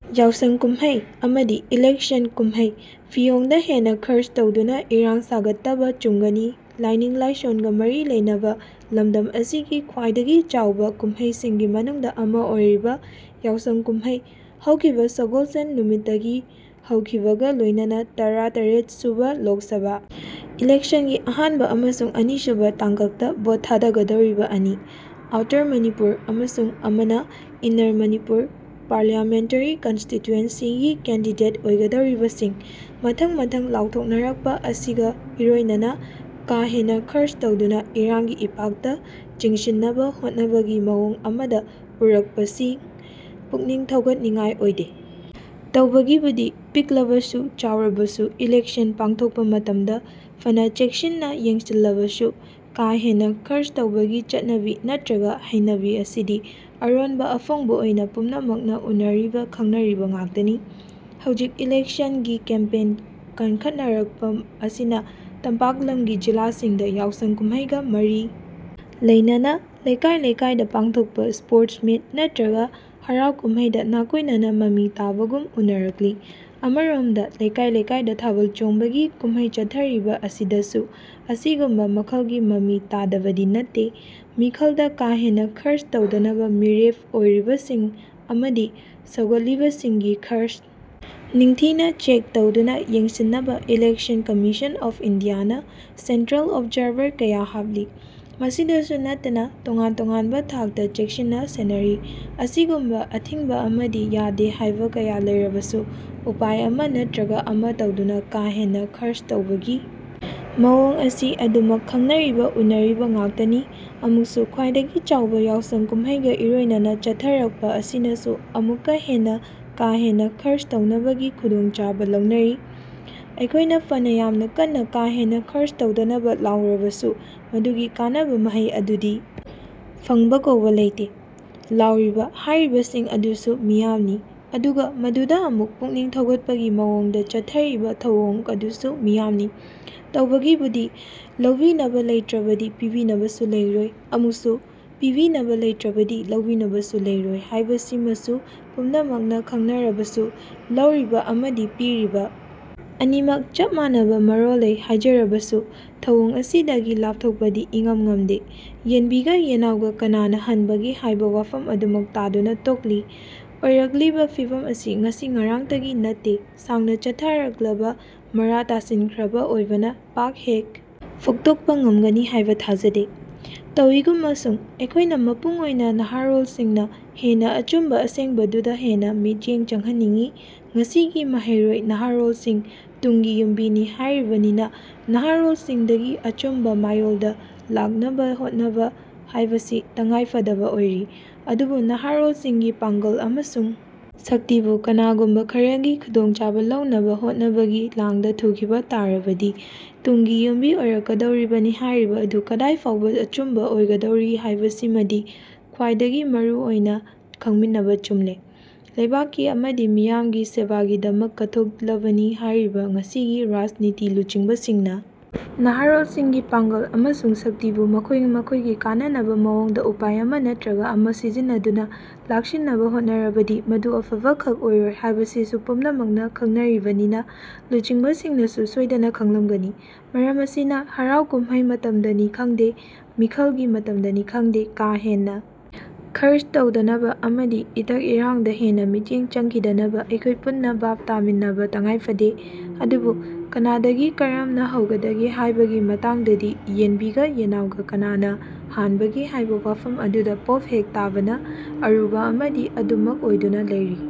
ꯌꯥꯎꯁꯪ ꯀꯨꯝꯍꯩ ꯑꯃꯗꯤ ꯏꯂꯦꯛꯁꯟ ꯀꯨꯝꯍꯩ-ꯐꯤꯌꯣꯡꯗ ꯍꯦꯟꯅ ꯈꯔꯆ ꯇꯧꯗꯨꯅ ꯏꯔꯥꯡ ꯁꯥꯒꯠꯇꯕ ꯆꯨꯝꯒꯅꯤ ꯂꯥꯏꯅꯤꯡ-ꯂꯥꯏꯁꯣꯟꯒ ꯃꯔꯤ ꯂꯩꯅꯕ ꯂꯝꯗꯝ ꯑꯁꯤꯒꯤ ꯈ꯭ꯋꯥꯏꯗꯒꯤ ꯆꯥꯎꯕ ꯀꯨꯝꯍꯩꯁꯤꯡꯒꯤ ꯃꯅꯨꯡꯗ ꯑꯃ ꯑꯣꯏꯔꯤꯕ ꯌꯥꯎꯁꯪ ꯀꯨꯝꯍꯩ ꯍꯧꯈꯤꯕ ꯁꯒꯣꯜꯁꯦꯟ ꯅꯨꯃꯤꯠꯇꯒꯤ ꯍꯧꯈꯤꯕꯒ ꯂꯣꯏꯅꯅ ꯇꯔꯥꯇꯔꯦꯠ ꯁꯨꯕ ꯂꯣꯛ ꯁꯚꯥ ꯏꯂꯦꯛꯁꯟꯒꯤ ꯑꯍꯥꯟꯕ ꯑꯃꯁꯨꯡ ꯑꯅꯤꯁꯨꯕ ꯇꯥꯡꯀꯛꯇ ꯚꯣꯠ ꯊꯥꯗꯅꯒꯗꯧꯔꯤꯕ ꯑꯅꯤ-ꯑꯥꯎꯇꯔ ꯃꯅꯤꯄꯨꯔ ꯑꯃꯁꯨꯡ ꯑꯃꯥꯝ-ꯏꯟꯅꯔ ꯃꯅꯤꯄꯨꯔ ꯄꯥꯔꯂꯤꯌꯥꯃꯦꯟꯇꯔꯤ ꯀꯟꯁꯇꯤꯇ꯭ꯌꯨꯌꯦꯟꯁꯤꯒꯤ ꯀꯦꯟꯗꯤꯗꯦꯠ ꯑꯣꯏꯒꯗꯕꯁꯤꯡ ꯃꯊꯪ-ꯃꯊꯪ ꯂꯥꯎꯊꯣꯛꯅꯔꯛꯄ ꯑꯁꯤꯒ ꯏꯔꯣꯏꯅꯅ ꯀꯥ-ꯍꯦꯟꯅ ꯈꯔꯆ ꯇꯧꯗꯨꯅ ꯏꯔꯥꯡꯒꯤ ꯏꯄꯥꯛꯇ ꯆꯤꯡꯁꯤꯟꯅꯕ ꯍꯣꯠꯅꯕꯒꯤ ꯃꯑꯣꯡ ꯑꯃꯗ ꯎꯔꯛꯄꯁꯤ ꯄꯨꯛꯅꯤꯡ ꯊꯧꯒꯠꯅꯤꯡꯉꯥꯏ ꯑꯣꯏꯗꯦ꯫ ꯇꯧꯕꯒꯤꯕꯨꯗꯤ ꯄꯤꯛꯂꯕꯁꯨ ꯆꯥꯎꯔꯕꯁꯨ ꯏꯂꯦꯛꯁꯟ ꯄꯥꯡꯊꯣꯛꯄ ꯃꯇꯝꯗ ꯐꯅ ꯆꯦꯛꯁꯤꯟꯅ ꯌꯦꯡꯁꯤꯜꯂꯕꯁꯨ ꯀꯥ-ꯍꯦꯟꯅ ꯈꯔꯆ ꯇꯧꯕꯒꯤ ꯆꯠꯅꯕꯤ ꯅꯠꯇ꯭ꯔꯒ ꯍꯩꯅꯕꯤ ꯑꯁꯤꯗꯤ ꯑꯔꯣꯟꯕ-ꯑꯐꯣꯡꯕ ꯑꯣꯏꯅ ꯄꯨꯝꯅꯃꯛꯅ ꯎꯅꯔꯤꯕ ꯈꯪꯅꯔꯤꯕ ꯉꯥꯛꯇꯅꯤ꯫ ꯍꯧꯖꯤꯛ ꯏꯂꯦꯛꯁꯟꯒꯤ ꯀꯦꯝꯄꯦꯟ ꯀꯟꯈꯠꯅꯔꯛꯄ ꯑꯁꯤꯅ ꯇꯝꯄꯥꯛ ꯂꯝꯒꯤ ꯖꯤꯂꯥꯁꯤꯡꯗ ꯌꯥꯎꯁꯪ ꯀꯨꯝꯍꯩꯒ ꯃꯔꯤ ꯂꯩꯅꯅ ꯂꯩꯀꯥꯏ-ꯂꯩꯀꯥꯏꯗ ꯄꯥꯡꯊꯣꯛꯄ ꯁ꯭ꯄꯣꯔꯠꯁ ꯃꯤꯠ ꯅꯠꯇ꯭ꯔꯒ ꯍꯔꯥꯎ ꯀꯨꯃꯩꯗ ꯅꯥꯀꯣꯏꯅꯅ ꯃꯃꯤ ꯇꯥꯕꯒꯨꯝ ꯎꯅꯔꯛꯂꯤ꯫ ꯑꯃꯔꯣꯝꯗ ꯂꯩꯀꯥꯏ-ꯂꯩꯀꯥꯏꯗ ꯊꯥꯕꯜ ꯆꯣꯡꯕꯒꯤ ꯀꯨꯝꯍꯩ ꯆꯠꯊꯔꯤꯕ ꯑꯁꯤꯗꯁꯨ ꯑꯁꯤꯒꯨꯝꯕ ꯃꯈꯜꯒꯤ ꯃꯃꯤ ꯇꯥꯗꯕꯗꯤ ꯅꯠꯇꯦ꯫ ꯃꯤꯈꯜꯗ ꯀꯥ-ꯍꯦꯟꯅ ꯈꯔꯆ ꯇꯧꯗꯅꯕ ꯃꯤꯔꯦꯞ ꯑꯣꯏꯔꯤꯕꯁꯤꯡ ꯑꯃꯗꯤ ꯁꯧꯒꯠꯂꯤꯕꯁꯤꯡꯒꯤ ꯈꯔꯆ ꯅꯤꯡꯊꯤꯅ ꯆꯦꯛ ꯇꯧꯗꯨꯅ ꯌꯦꯡꯁꯤꯟꯅꯕ ꯏꯂꯦꯛꯁꯟ ꯀꯝꯃꯤꯁꯟ ꯑꯣꯐ ꯏꯟꯗꯤꯌꯥꯅ ꯁꯦꯟꯇ꯭ꯔꯦꯜ ꯑꯣꯕꯖꯥꯔꯚꯔ ꯀꯌꯥ ꯍꯥꯞꯂꯤ꯫ ꯃꯁꯤꯗꯁꯨ ꯅꯠꯇꯅ ꯇꯣꯉꯥꯟ-ꯇꯣꯉꯥꯟꯕ ꯊꯥꯛꯇ ꯆꯦꯛꯁꯤꯟꯅ ꯁꯦꯟꯅꯔꯤ꯫ ꯑꯁꯤꯒꯨꯝꯕ ꯑꯊꯤꯡꯕ ꯑꯃꯗꯤ ꯌꯥꯗꯦ ꯍꯥꯏꯕ ꯀꯌꯥ ꯂꯩꯔꯕꯁꯨ ꯎꯄꯥꯏ ꯑꯃ ꯅꯠꯇ꯭ꯔꯒ ꯑꯃ ꯇꯧꯗꯨꯅ ꯀꯥꯍꯦꯟꯅ ꯈꯔꯆ ꯇꯧꯕꯒꯤ ꯃꯑꯣꯡ ꯑꯁꯤ ꯑꯗꯨꯝꯃꯛ ꯈꯪꯅꯔꯤꯕ ꯎꯅꯔꯤꯕ ꯉꯥꯛꯇꯅꯤ꯫ ꯑꯃꯨꯛꯁꯨ ꯈ꯭ꯋꯥꯏꯗꯒꯤ ꯆꯥꯎꯕ ꯌꯥꯎꯁꯪ ꯀꯨꯝꯍꯩꯒ ꯏꯔꯣꯏꯅꯅ ꯆꯠꯊꯔꯛꯄ ꯑꯁꯤꯅꯁꯨ ꯑꯃꯨꯛꯀ ꯍꯦꯟꯅ ꯀꯥ-ꯍꯦꯟꯅ ꯈꯔꯆ ꯇꯧꯅꯕꯒꯤ ꯈꯨꯗꯣꯡꯆꯥꯕ ꯂꯧꯅꯔꯤ꯫ ꯑꯩꯈꯣꯏꯅ ꯐꯅ ꯌꯥꯝꯅ ꯀꯟꯅ ꯀꯥ-ꯍꯦꯟꯅ ꯈꯔꯆ ꯇꯧꯗꯅꯕ ꯂꯥꯎꯔꯕꯁꯨ ꯃꯗꯨꯒꯤ ꯀꯥꯟꯅꯕ ꯃꯍꯩ ꯑꯗꯨꯗꯤ ꯐꯪꯕ ꯀꯧꯕ ꯂꯩꯇꯦ꯫ ꯂꯥꯎꯔꯤꯕ, ꯍꯥꯏꯔꯤꯕꯁꯤꯡ ꯑꯗꯨꯁꯨ ꯃꯤꯌꯥꯝꯅꯤ ꯑꯗꯨꯒ ꯃꯗꯨꯗ ꯑꯃꯨꯛ ꯄꯨꯛꯅꯤꯡ ꯊꯧꯒꯠꯄꯒꯤ ꯃꯑꯣꯡꯗ ꯆꯠꯊꯔꯤꯕ ꯊꯧꯑꯣꯡ ꯑꯗꯨꯁꯨ ꯃꯤꯌꯥꯝꯅꯤ꯫ ꯇꯧꯕꯒꯤꯕꯨꯗꯤ ꯂꯧꯕꯤꯅꯕ ꯂꯩꯇ꯭ꯔꯕꯗꯤ ꯄꯤꯕꯤꯅꯕꯁꯨ ꯂꯩꯔꯣꯏ, ꯑꯃꯨꯛꯁꯨ ꯄꯤꯕꯤꯅꯕ ꯂꯩꯇ꯭ꯔꯕꯗꯤ ꯂꯧꯕꯤꯅꯕꯁꯨ ꯂꯩꯔꯣꯏ ꯍꯥꯏꯕꯁꯤꯃꯁꯨ ꯄꯨꯝꯅꯃꯛꯅ ꯈꯪꯅꯔꯕꯁꯨ, ꯂꯧꯔꯤꯕ ꯑꯃꯗꯤ ꯄꯤꯔꯤꯕ ꯑꯅꯤꯃꯛ ꯆꯞ ꯃꯥꯟꯅꯕ ꯃꯔꯣꯜ ꯂꯩ ꯍꯥꯏꯖꯔꯕꯁꯨ ꯊꯧꯑꯣꯡ ꯑꯁꯤꯗꯒꯤ ꯂꯥꯞꯊꯣꯛꯄꯗꯤ ꯏꯉꯝ ꯉꯝꯗꯦ꯫ ꯌꯦꯟꯕꯤꯒ ꯌꯦꯟꯅꯥꯎꯒ ꯀꯅꯥꯅ ꯍꯟꯕꯒꯦ ꯍꯥꯏꯕ ꯋꯥꯐꯝ ꯑꯗꯨꯃꯛ ꯇꯥꯗꯨꯅ ꯇꯣꯛꯂꯤ꯫ ꯑꯣꯏꯔꯛꯂꯤꯕ ꯐꯤꯚꯝ ꯑꯁꯤ ꯉꯁꯤ ꯉꯔꯥꯡꯇꯒꯤ ꯅꯠꯇꯦ ꯁꯥꯡꯅ ꯆꯠꯅꯔꯛꯂꯕ ꯃꯔꯥ ꯇꯥꯁꯤꯟꯈ꯭ꯔꯕ ꯑꯣꯏꯕꯅ ꯄꯥꯛ ꯍꯦꯛ ꯐꯨꯛꯇꯣꯛꯄ ꯉꯝꯒꯅꯤ ꯍꯥꯏꯕ ꯊꯥꯖꯗꯦ꯫ ꯇꯧꯏꯒꯨꯝꯕꯁꯨꯡ ꯑꯩꯈꯣꯏꯅ ꯃꯄꯨꯡ ꯑꯣꯏꯅ ꯅꯍꯥꯔꯣꯜꯁꯤꯡꯅ ꯍꯦꯟꯅ ꯑꯆꯨꯝꯕ ꯑꯁꯦꯡꯕꯗꯨꯗ ꯍꯦꯟꯅ ꯃꯤꯠꯌꯦꯡ ꯆꯪꯍꯟꯅꯤꯡꯏ꯫ ꯉꯁꯤꯒꯤ ꯃꯍꯩꯔꯣꯏ, ꯅꯍꯥꯔꯣꯜꯁꯤꯡ ꯇꯨꯡꯒꯤ ꯌꯨꯝꯕꯤꯅꯤ ꯍꯥꯏꯔꯤꯕꯅꯤꯅ ꯅꯍꯥꯔꯣꯜꯁꯤꯡꯗꯒꯤ ꯑꯆꯨꯝꯕ ꯃꯥꯌꯣꯜꯗ ꯂꯥꯛꯅꯕ ꯍꯣꯠꯅꯕ ꯍꯥꯏꯕꯁꯤ ꯇꯉꯥꯏꯐꯗꯕ ꯑꯣꯏꯔꯤ꯫ ꯑꯗꯨꯕꯨ ꯅꯍꯥꯔꯣꯜꯁꯤꯡꯒꯤ ꯄꯥꯡꯒꯜ ꯑꯃꯁꯨꯡ ꯁꯛꯇꯤꯕꯨ ꯀꯅꯥꯒꯨꯝꯕ ꯈꯔꯒꯤ ꯈꯨꯗꯣꯡꯆꯥꯕ ꯂꯧꯅꯕ ꯍꯣꯠꯅꯕꯒꯤ ꯂꯥꯡꯗ ꯊꯨꯈꯤꯕ ꯇꯥꯔꯕꯗꯤ ꯇꯨꯡꯒꯤ ꯌꯨꯝꯕꯤ ꯑꯣꯏꯔꯛꯀꯗꯧꯔꯤꯕꯅꯤ ꯍꯥꯏꯔꯤꯕ ꯑꯗꯨ ꯀꯗꯥꯏ ꯐꯥꯎꯕ ꯑꯆꯨꯝꯕ ꯑꯣꯏꯒꯗꯧꯔꯤ ꯍꯥꯏꯕꯁꯤꯃꯗꯤ ꯈ꯭ꯋꯥꯏꯗꯒꯤ ꯃꯔꯨ ꯑꯣꯏꯅ ꯈꯪꯃꯤꯟꯅꯕ ꯆꯨꯝꯂꯦ꯫ ꯂꯩꯕꯥꯛꯀꯤ ꯑꯃꯗꯤ ꯃꯤꯌꯥꯝꯒꯤ ꯁꯦꯕꯥꯒꯤꯗꯃꯛ ꯀꯠꯊꯣꯛꯂꯕꯅꯤ ꯍꯥꯏꯔꯤꯕ ꯉꯁꯤꯒꯤ ꯔꯥꯖꯅꯤꯇꯤ ꯂꯨꯆꯤꯡꯕꯁꯤꯡꯅ ꯅꯍꯥꯔꯣꯜꯁꯤꯡꯒꯤ ꯄꯥꯡꯒꯜ ꯑꯃꯁꯨꯡ ꯁꯛꯇꯤꯕꯨ ꯃꯈꯣꯏ-ꯃꯈꯣꯏꯒꯤ ꯀꯥꯟꯅꯅꯕ ꯃꯑꯣꯡꯗ ꯎꯄꯥꯏ ꯑꯃ ꯅꯠꯇ꯭ꯔꯒ ꯑꯃ ꯁꯤꯖꯤꯟꯅꯗꯨꯅ ꯂꯥꯛꯁꯤꯟꯅꯕ ꯍꯣꯠꯅꯔꯕꯗꯤ ꯃꯗꯨ ꯑꯐꯕ ꯈꯛ ꯑꯣꯏꯔꯣꯏ ꯍꯥꯏꯕꯁꯤꯁꯨ ꯄꯨꯝꯅꯃꯛꯅ ꯈꯪꯅꯔꯤꯕꯅꯤꯅ ꯂꯨꯆꯤꯡꯕꯁꯤꯡꯅꯁꯨ ꯁꯣꯏꯗꯅ ꯈꯪꯂꯝꯒꯅꯤ꯫ ꯃꯔꯝ ꯑꯁꯤꯅ ꯍꯔꯥꯎ-ꯀꯨꯝꯍꯩ ꯃꯇꯝꯗꯅꯤ ꯈꯪꯗꯦ, ꯃꯤꯈꯜꯒꯤ ꯃꯇꯝꯗꯅꯤ ꯈꯪꯗꯦ ꯀꯥ-ꯍꯦꯟꯅ ꯈꯔꯆ ꯇꯧꯗꯅꯕ ꯑꯃꯗꯤ ꯏꯊꯛ-ꯏꯔꯥꯡꯗ ꯍꯦꯟꯅ ꯃꯤꯠꯌꯦꯡ ꯆꯪꯈꯤꯗꯅꯕ ꯑꯩꯈꯣꯏ ꯄꯨꯟꯅ ꯚꯥꯕ ꯇꯥꯃꯤꯟꯅꯕ ꯇꯉꯥꯏꯐꯗꯦ꯫ ꯑꯗꯨꯕꯨ ꯀꯅꯥꯗꯒꯤ ꯀꯔꯝꯅ ꯍꯧꯒꯗꯒꯦ ꯍꯥꯏꯕꯒꯤ ꯃꯇꯥꯡꯗꯗꯤ ꯌꯦꯟꯕꯤꯒ ꯌꯦꯟꯅꯥꯎꯒ ꯀꯅꯥꯅ ꯍꯥꯟꯕꯒꯦ ꯍꯥꯏꯕ ꯋꯥꯐꯝ ꯑꯗꯨꯗ ꯄꯣꯞ ꯍꯦꯛ ꯇꯥꯕꯅ ꯑꯔꯨꯕ ꯑꯃꯗꯤ ꯑꯗꯨꯝꯃꯛ ꯑꯣꯏꯗꯨꯅ ꯂꯩꯔꯤ꯫